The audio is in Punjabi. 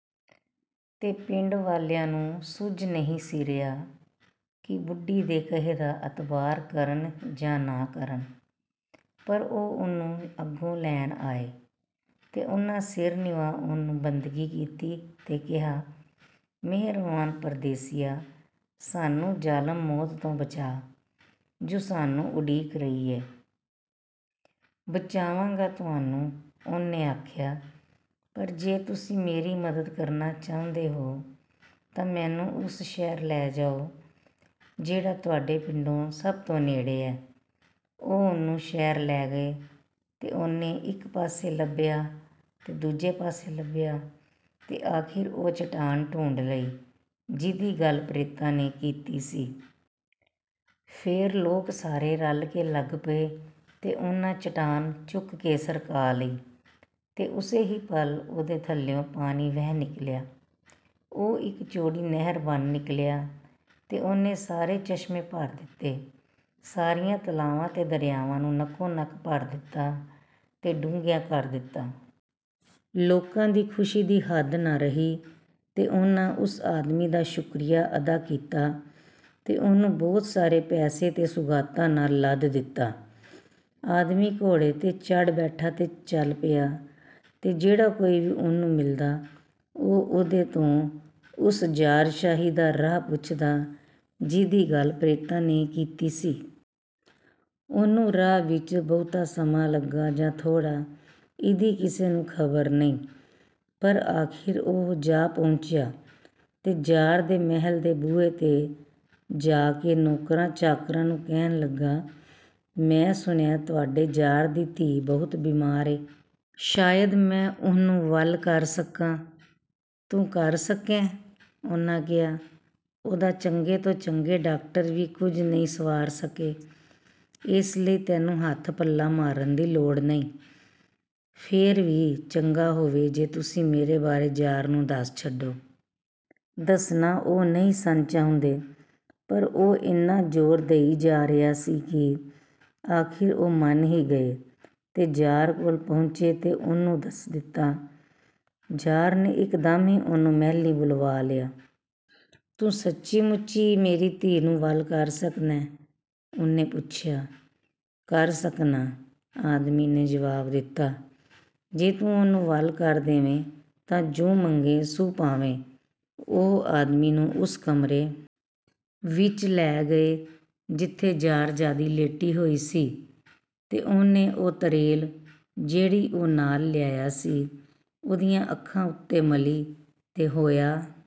ਤੇ ਪਿੰਡ ਵਾਲਿਆਂ ਨੂੰ ਸੁੱਝ ਨਹੀਂ ਸੀ ਰਿਹਾ ਕਿ ਬੁੱਢੀ ਦੇ ਕਹੇ ਦਾ ਅਤਬਾਰ ਕਰਨ ਜਾਂ ਨਾ ਕਰਨ, ਪਰ ਉਹ ਉਹਨੂੰ ਅਗੋਂ ਲੈਣ ਆਏ, ਤੇ ਉਹਨਾਂ ਸਿਰ ਨਿਵਾ ਉਹਨੂੰ ਬੰਦਗੀ ਕੀਤੀ ਤੇ ਕਿਹਾ, “ਮਿਹਰਵਾਨ ਪ੍ਰਦੇਸੀਆ, ਸਾਨੂੰ ਜ਼ਾਲਮ ਮੌਤ ਤੋਂ ਬਚਾ, ਜੁ ਸਾਨੂੰ ਉਡੀਕ ਰਹੀ ਏ।” “ਬਚਾਵਾਂਗਾ ਤੁਹਾਨੂੰ,” ਉਹਨੇ ਆਖਿਆ। “ਪਰ ਜੇ ਤੁਸੀਂ ਮੇਰੀ ਮਦਦ ਕਰਨਾ ਚਾਹੁੰਦੇ ਹੋ, ਤਾਂ ਮੈਨੂੰ ਓਸ ਸ਼ਹਿਰ ਲੈ ਜਾਓ, ਜਿਹੜਾ ਤੁਹਾਡੇ ਪਿੰਡੋਂ ਸਭ ਤੋਂ ਨੇੜੇ ਏ।” ਉਹ ਉਹਨੂੰ ਸ਼ਹਿਰ ਲੈ ਗਏ, ਤੇ ਉਹਨੇ ਇੱਕ ਪਾਸੇ ਲੱਭਿਆ ਤੇ ਦੂਜੇ ਪਾਸੇ ਲੱਭਿਆ, ਤੇ ਅਖ਼ੀਰ ਉਹ ਚਟਾਨ ਢੂੰਡ ਲਈ, ਜਿਹਦੀ ਗੱਲ ਪ੍ਰੇਤਾਂ ਨੇ ਕੀਤੀ ਸੀ। ਫੇਰ ਲੋਕ ਸਾਰੇ ਰਲ ਕੇ ਲੱਗ ਪਏ, ਤੇ ਉਹਨਾਂ ਚਟਾਨ ਚੁੱਕ ਕੇ ਸਰਕਾ ਲਈ। ਤੇ ਓਸੇ ਹੀ ਪਲ ਉਹਦੇ ਥੱਲਿਉਂ ਪਾਣੀ ਵਹਿ ਨਿਕਲਿਆ। ਉਹ ਇੱਕ ਚੌੜੀ ਨਹਿਰ ਬਣ ਨਿਕਲਿਆ ਤੇ ਉਹਨੇ ਸਾਰੇ ਚਸ਼ਮੇ ਭਰ ਦਿੱਤੇ, ਸਾਰਿਆਂ ਤਲਾਵਾਂ ਤੇ ਦਰਿਆਵਾਂ ਨੂੰ ਨਕੋ-ਨਕ ਭਰ ਦਿੱਤਾ ਤੇ ਡੂੰਘਿਆਂ ਕਰ ਦਿੱਤਾ। ਲੋਕਾਂ ਦੀ ਖੁਸ਼ੀ ਦੀ ਹੱਦ ਨਾ ਰਹੀ, ਤੇ ਉਹਨਾਂ ਓਸ ਆਦਮੀ ਦਾ ਸ਼ੁਕਰੀਆ ਅਦਾ ਕੀਤਾ ਤੇ ਉਹਨੂੰ ਬਹੁਤ ਸਾਰੇ ਪੈਸੇ ਤੇ ਸੁਗਾਤਾਂ ਨਾਲ ਲੱਦ ਦਿੱਤਾ। ਆਦਮੀ ਘੋੜੇ ’ਤੇ ਚੜ੍ਹ ਬੈਠਾ ਤੇ ਚਲ ਪਿਆ, ਤੇ ਜਿਹੜਾ ਕੋਈ ਵੀ ਉਹਨੂੰ ਮਿਲਦਾ, ਉਹ ਉਹਦੇ ਤੋਂ ਉਸ ਜ਼ਾਰਸ਼ਾਹੀ ਦਾ ਰਾਹ ਪੁੱਛਦਾ, ਜਿਹਦੀ ਗੱਲ ਪ੍ਰੇਤਾਂ ਨੇ ਕੀਤੀ ਸੀ। ਉਹਨੂੰ ਰਾਹ ਵਿੱਚ ਬਹੁਤਾ ਸਮਾਂ ਲੱਗਾ ਜਾਂ ਥੋੜ੍ਹਾ, ਇਹਦੀ ਕਿਸੇ ਨੂੰ ਖ਼ਬਰ ਨਹੀਂ; ਪਰ ਅਖ਼ੀਰ ਉਹ ਜਾ ਪਹੁੰਚਿਆ, ਤੇ ਜ਼ਾਰ ਦੇ ਮਹਿਲ ਦੇ ਬੂਹੇ ’ਤੇ ਜਾ ਕੇ ਨੌਕਰਾਂ-ਚਾਕਰਾਂ ਨੂੰ ਕਹਿਣ ਲੱਗਾ, "“ਮੈਂ ਸੁਣਿਐਂ, ਤੁਹਾਡੇ ਜ਼ਾਰ ਦੀ ਧੀ ਬਹੁਤ ਬੀਮਾਰ ਏ। ਸ਼ਾਇਦ ਮੈਂ ਉਹਨੂੰ ਵੱਲ ਕਰ ਸਕਾਂ।” “ਤੂੰ ਕਰ ਸਕੇਂ!” ਉਹਨਾਂ ਕਿਹਾ। “ਉਹਦਾ ਚੰਗੇ ਤੋਂ ਚੰਗੇ ਡਾਕਟਰ ਵੀ ਕੁਝ ਨਹੀਂ ਸੰਵਾਰ ਸਕੇ, ਏਸ ਲਈ ਤੈਨੂੰ ਹੱਥ-ਪੱਲਾ ਮਾਰਨ ਦੀ ਲੋੜ ਨਹੀਂ।” “ਫੇਰ ਵੀ, ਚੰਗਾ ਹੋਵੇ, ਜੇ ਤੁਸੀਂ ਮੇਰੇ ਬਾਰੇ ਜ਼ਾਰ ਨੂੰ ਦੱਸ ਛੱਡੋ।" ਦੱਸਣਾ ਉਹ ਨਹੀਂ ਸਨ ਚਾਹੁੰਦੇ, ਪਰ ਉਹ ਏਨਾ ਜ਼ੋਰ ਦਈ ਜਾ ਰਿਹਾ ਸੀ ਕਿ ਅਖ਼ੀਰ ਉਹ ਮੰਨ ਹੀ ਗਏ ਤੇ ਜ਼ਾਰ ਕੋਲ ਪਹੁੰਚੇ ਤੇ ਉਹਨੂੰ ਦੱਸ ਦਿੱਤਾ। ਜ਼ਾਰ ਨੇ ਇਕਦਮ ਹੀ ਉਹਨੂੰ ਮਹਿਲੀਂ ਬੁਲਵਾ ਲਿਆ। “ਤੂੰ ਸੱਚੀ-ਮੁੱਚੀ ਈ ਮੇਰੀ ਧੀ ਨੂੰ ਵੱਲ ਕਰ ਸਕਣੈ?” ਉਹਨੇ ਪੁੱਛਿਆ। “ਕਰ ਸਕਨਾਂ,” ਆਦਮੀ ਨੇ ਜਵਾਬ ਦਿੱਤਾ। “ਜੇ ਤੂੰ ਉਹਨੂੰ ਵੱਲ ਕਰ ਦੇਵੇਂ, ਤਾਂ ਜੁ ਮੰਗੇਂ ਸੁ ਪਾਵੇਂ।” ਉਹ ਆਦਮੀ ਨੂੰ ਓਸ ਕਮਰੇ ਵਿੱਚ ਲੈ ਗਏ, ਜਿਥੇ ਜ਼ਾਰਜ਼ਾਦੀ ਲੇਟੀ ਹੋਈ ਸੀ, ਤੇ ਉਹਨੇ ਉਹ ਤਰੇਲ, ਜਿਹੜੀ ਉਹ ਨਾਲ ਲਿਆਇਆ ਸੀ, ਉਹਦੀਆਂ ਅੱਖਾਂ ਉਤੇ ਮਲੀ, ਤੇ ਹੋਇਆ